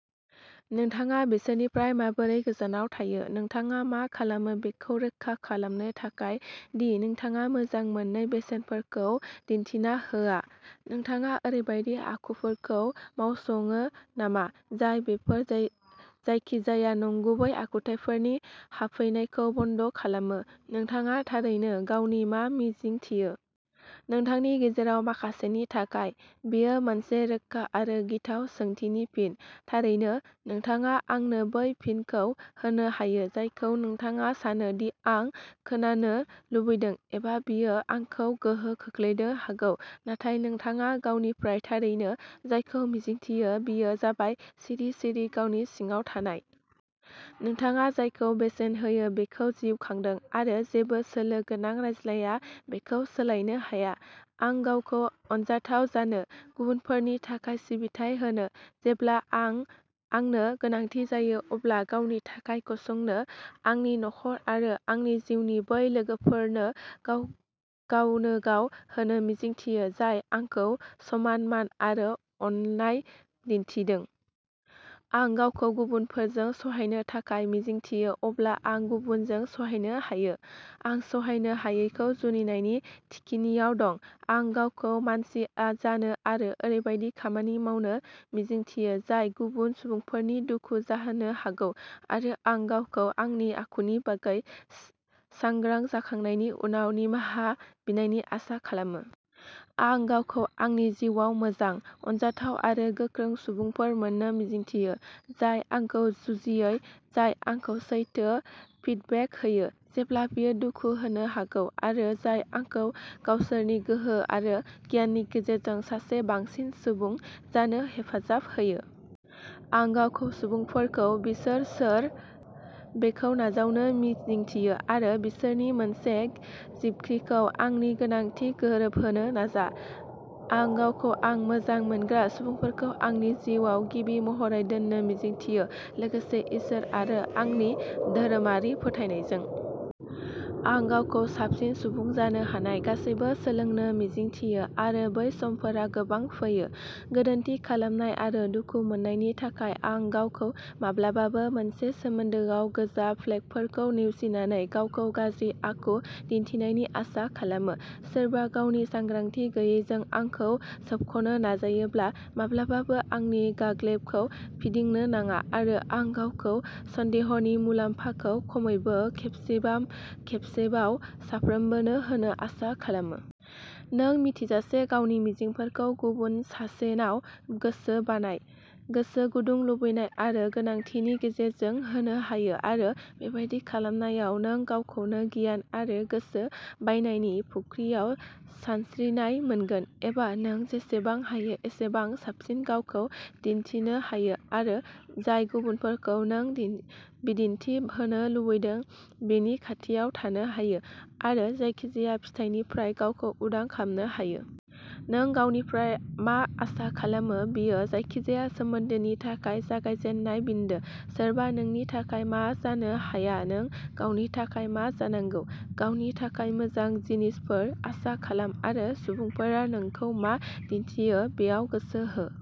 नोंथाङा बिसोरनिफ्राय माबोरै गोजानाव थायो? नोंथाङा मा खालामो बेखौ रोखा खालामनो थाखाय दि नोंथाङा मोजां मोनै बेसेनफोरखौ दिन्थिना होआ? नोंथाङा ओरैबायदि आखुफोरखौ मावसङो नामा जाय बेफोर जायखिजाया नंगुबै आखुथायफोरनि हाबफैनायखौ बन्द' खालामो? नोंथाङा थारैनो गावनिफ्राय मा मिजिंथियो? नोंथांनि गेजेराव माखासेनि थाखाय, बेयो मोनसे रोखा आरो गिथाव सोंथिनि फिन। थारैनो, नोंथाङा आंनो बै फिनखौ होनो हायो जायखौ नोंथाङा सानो दि आं खोनानो लुबैदों एबा बेयो आंखौ गोहोम खोख्लैनो हागौ, नाथाय नोंथाङा गावनिफ्राय थारैनो जायखौ मिजिंथियो बेयो जाबाय सिरि सिरि गावनि सिङाव थानाय। नोंथाङा जायखौ बेसेन होयो बेखौ जिउ खांदों आरो जेबो सोलो गोनां रायज्लायनाया बेखौ सोलायनो हाया। आं गावखौ अनजाथाव जानो, गुबुनफोरनि थाखाय सिबिथाइ होनो, जेब्ला आंनो गोनांथि जायो अब्ला गावनि थाखाय गसंनो, आंनि नखर आरो आंनि जिउनि बै लोगोफोरनो गावनोगाव होनो मिजिंथियो जाय आंखौ समान मान आरो अननाय दिन्थिदों। आं गावखौ गुबुनफोरजों सहायनो थाखाय मिजिंथियो जेब्ला आं गुबुनफोरजों सहायनो हायो। आं सहायनो हायैजों जुजिनायनि थिखिनियाव दं। आं गावखौ मानसि जानो आरो ओरैबायदि खामानि मावनो मिजिंथियो जाय गुबुन सुबुंफोरनि दुखु जाहोनो हागौ आरो आं गावखौ आंनि आखुनि बागै सांग्रां जाखांनायनि उनाव निमाहा बिनायनि आसा खालामो। आं गावखौ आंनि जिउआव मोजां, अनजाथाव आरो गोख्रों सुबुंफोर मोन्नो मिजिंथियो, जाय आंखौ जुजियो, जाय आंखौ सैथो फिडबेक होयो, जेब्ला बेयो दुखु होनो हागौ आरो जाय आंखौ गावसोरनि गोहो आरो गियाननि गेजेरजों सासे साबसिन सुबुं जानो हेफाजाब होयो। आं गावखौ सुबुंफोरखौ बिसोर सोर बेखौ नाजावनो मिजिंथियो आरो बिसोरनि मोनसे जिबख्रिखौ आंनि गोनांथिजों गोरोबहोनो नाजा। आं गावखौ आं मोजां मोनग्रा सुबुंफोरखौ आंनि जिउआव गिबि महरै दोननो मिजिंथियो, लोगोसे इसोर आरो आंनि धोरोमारि फोथायनायजों। आं गावखौ साबसिन सुबुं जानो हानाय गासैबो सोलोंनो मिजिंथियो आरो बै समफोरा गोबां फैयो। गोरोन्थि खालामनाय आरो दुखु मोन्नायनि थाखाय आं गावखौ माब्लाबाबो मोनसे सोमोन्दोआव गोजा फ्लेगफोरखौ नेवसिनानै गावखौ गाज्रि आखु दिन्थिनायनि आसा खालामो, सोरबा गावनि सांग्रांथि गैयैजों आंखौ सोबख'नो नाजायोब्ला माब्लाबाबो आंनि गालेखौ फिदिंनो नाङा आरो आं गावखौ सन्देहनि मुलाम्फाखौ खमैबो खेबसेबाव साफ्रोमनोबो होनो आसा खालामो। नों मिथियाजासे गावनि मिजिंफोरखौ गुबुन सासेनाव गोसो बायनाय, गोसो गुदुं, लुबैनाय आरो गोनांथिनि गेजेरजों होनो हायो आरो बेबादि खालामनायाव, नों गावखौनो गिनाय आरो गोसो बायनायनि फुख्रियाव सानस्रिनाय मोनगोन एबा नों जेसेबां हायो एसेबां साबसिन गावखौ मिन्थिनो हायो आरो जाय गुनफोरखौ नों बिदिन्थि होनो लुबैदों बिनि खाथियाव थानो हायो, आरो जायखिजाया फिथायनिफ्राय गावखौ उदां खालामनो हायो। नों गावनिफ्राय मा आसा खालामो बेयो जायखिजाया सोमोन्दोनि थाखाय जागायजेननाय बिन्दो। सोरबा नोंनि थाखाय मा जानो हाया नों गावनि थाखाय मा जानांगौ। गावनि थाखाय मोजां जिनिसफोर आसा खालाम आरो सुबुंफोरा नोंखौ मा दिन्थियो बेयाव गोसो हो।